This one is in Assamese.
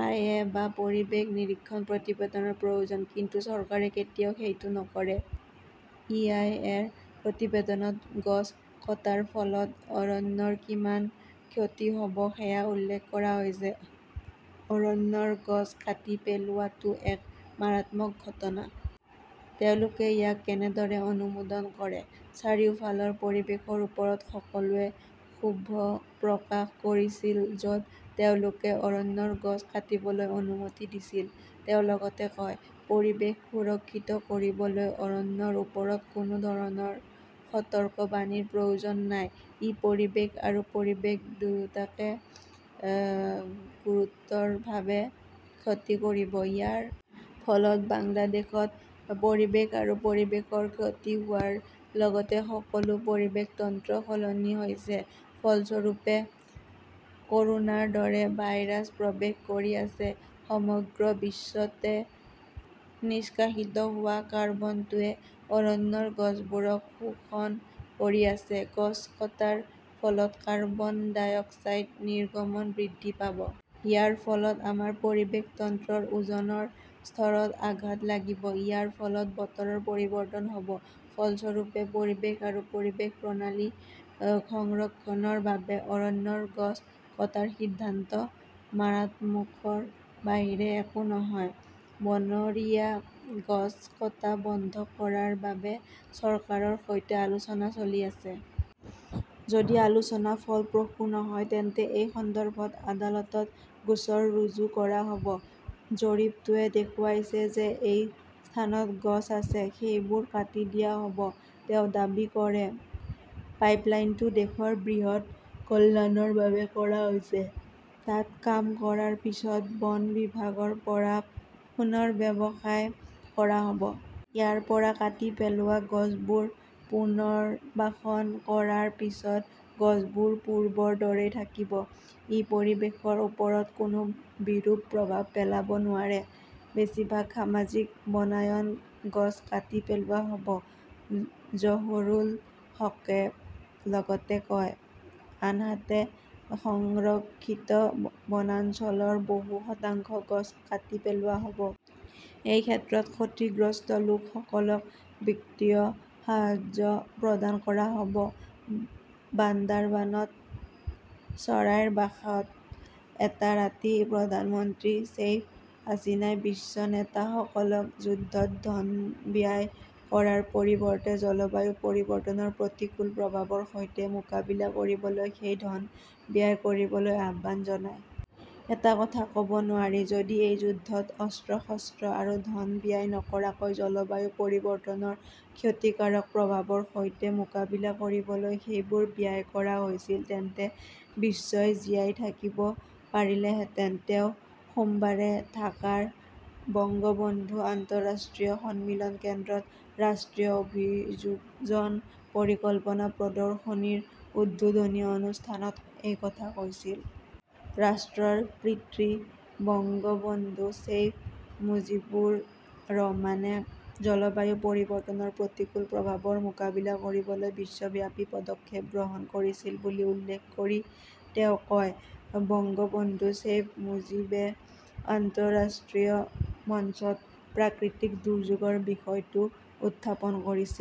আই. এ. বা পৰিৱেশ নিৰীক্ষণ প্ৰতিবেদনৰ প্ৰয়োজন। কিন্তু চৰকাৰে কেতিয়াও সেইটো নকৰে। ই. আই. এ. -ৰ প্ৰতিবেদনত গছ কটাৰ ফলত অৰণ্যৰ কিমান ক্ষতি হ'ব সেয়া উল্লেখ কৰা হৈছে। অৰণ্যৰ গছ কাটি পেলোৱাটো এক মাৰাত্মক ঘটনা। তেওঁলোকে ইয়াক কেনেদৰে অনুমোদন কৰে? চাৰিওফালৰ পৰিৱেশৰ ওপৰত সকলোৱে ক্ষোভ প্ৰকাশ কৰিছিল য'ত তেওঁলোকে অৰণ্যৰ গছ কাটিবলৈ অনুমতি দিছিল। "তেওঁ লগতে কয়", পৰিৱেশ সুৰক্ষিত কৰিবলৈ অৰণ্যৰ ওপৰত কোনো ধৰণৰ সতৰ্কবাণীৰ প্ৰয়োজন নাই। ই পৰিৱেশ আৰু পৰিৱেশ দুয়োটাকে গুৰুতৰভাৱে ক্ষতি কৰিব। ইয়াৰ ফলত বাংলাদেশত পৰিৱেশ আৰু পৰিৱেশৰ ক্ষতি হোৱাৰ লগতে সকলো পৰিৱেশ তন্ত্ৰ সলনি হৈছে। ফলস্বৰূপে, ক'ৰোনাৰ দৰে ভাইৰাছ প্ৰৱেশ কৰি আছে। সমগ্ৰ বিশ্বতে নিষ্কাশিত হোৱা কাৰ্বনটোৱে অৰণ্যৰ গছবোৰক শোষণ কৰি আছে। গছ কটাৰ ফলত কাৰ্বন-ডাই অক্সাইড নিৰ্গমন বৃদ্ধি পাব। ইয়াৰ ফলত আমাৰ পৰিৱেশ তন্ত্ৰৰ ওজনৰ স্তৰত আঘাত লাগিব। ইয়াৰ ফলত বতৰৰ পৰিৱৰ্তন হ'ব। ফলস্বৰূপে, পৰিৱেশ আৰু পৰিৱেশ প্ৰণালী সংৰক্ষণৰ বাবে অৰণ্যৰ গছ কটাৰ সিদ্ধান্ত মাৰাত্মকৰ বাহিৰে একো নহয়। বনৰীয়া গছ কটা বন্ধ কৰাৰ বাবে চৰকাৰৰ সৈতে আলোচনা চলি আছে। যদি আলোচনা ফলপ্ৰসূ নহয়, তেন্তে এই সন্দৰ্ভত আদালতত গোচৰ ৰুজু কৰা হ'ব। জৰীপটোৱে দেখুৱাইছে যে এই স্থানত গছ আছে। সেইবোৰ কাটি দিয়া হ'ব। তেওঁ দাবী কৰে, "পাইপলাইনটো দেশৰ বৃহৎ কল্যাণৰ বাবে কৰা হৈছে, তাত কাম কৰাৰ পিছত বন বিভাগৰ পৰা পুনৰ্ব্যৱসায় কৰা হ'ব।" ইয়াৰ পৰা কাটি পেলোৱা গছবোৰ পুনৰ্বাসন কৰাৰ পিছত গছবোৰ পূৰ্বৰ দৰেই থাকিব। ই পৰিৱেশৰ ওপৰত কোনো বিৰূপ প্ৰভাৱ পেলাব নোৱাৰে। "বেছিভাগ সামাজিক বনায়ন গছ কাটি পেলোৱা হ'ব ", জহুৰুল হাকে লগতে কয়। আনহাতে, সংৰক্ষিত বনাঞ্চলৰ বহু শতাংশ গছ কাটি পেলোৱা হ'ব। এই ক্ষেত্ৰত ক্ষতিগ্ৰস্ত লোকসকলক বিত্তীয় সাহায্য প্ৰদান কৰা হ'ব। " বান্দাৰবানত 'চৰাইৰ বাসা' ত এটা ৰাতি প্ৰধানমন্ত্ৰী শ্বেইখ হাছিনাই বিশ্ব নেতাসকলক যুদ্ধত ধন ব্যয় কৰাৰ পৰিৱৰ্তে জলবায়ু পৰিৱৰ্তনৰ প্ৰতিকূল প্ৰভাৱৰ সৈতে মোকাবিলা কৰিবলৈ সেই ধন ব্যয় কৰিবলৈ আহ্বান জনায়। "এটা কথা ক'ব নোৱাৰি, যদি এই যুদ্ধত অস্ত্ৰ-শস্ত্ৰ আৰু ধন ব্যয় নকৰাকৈ জলবায়ু পৰিৱৰ্তনৰ ক্ষতিকাৰক প্ৰভাৱৰ সৈতে মোকাবিলা কৰিবলৈ সেইবোৰ ব্যয় কৰা হৈছিল, তেন্তে বিশ্বই জীয়াই থাকিব পাৰিলেহেঁতেন। "তেওঁ সোমবাৰে ঢাকাৰ বঙ্গবন্ধু আন্তঃৰাষ্ট্ৰীয় সন্মিলন কেন্দ্ৰত" ৰাষ্ট্ৰীয় অভিযোজন পৰিকল্পনা প্ৰদৰ্শনীৰ উদ্বোধনী অনুষ্ঠানত এই কথা কৈছিল। ৰাষ্ট্ৰৰ পিতৃ বঙ্গবন্ধু শ্বেইখ মুজীবুৰ ৰহমানে জলবায়ু পৰিৱৰ্তনৰ প্ৰতিকূল প্ৰভাৱৰ মোকাবিলা কৰিবলৈ বিশ্বব্যাপী পদক্ষেপ গ্ৰহণ কৰিছিল বুলি উল্লেখ কৰি তেওঁ কয়,"বঙ্গবন্ধু শ্বেইখ মুজীবে আন্তঃৰাষ্ট্ৰীয় মঞ্চত প্ৰাকৃতিক দুৰ্যোগৰ বিষয়টো উত্থাপন কৰিছিল।"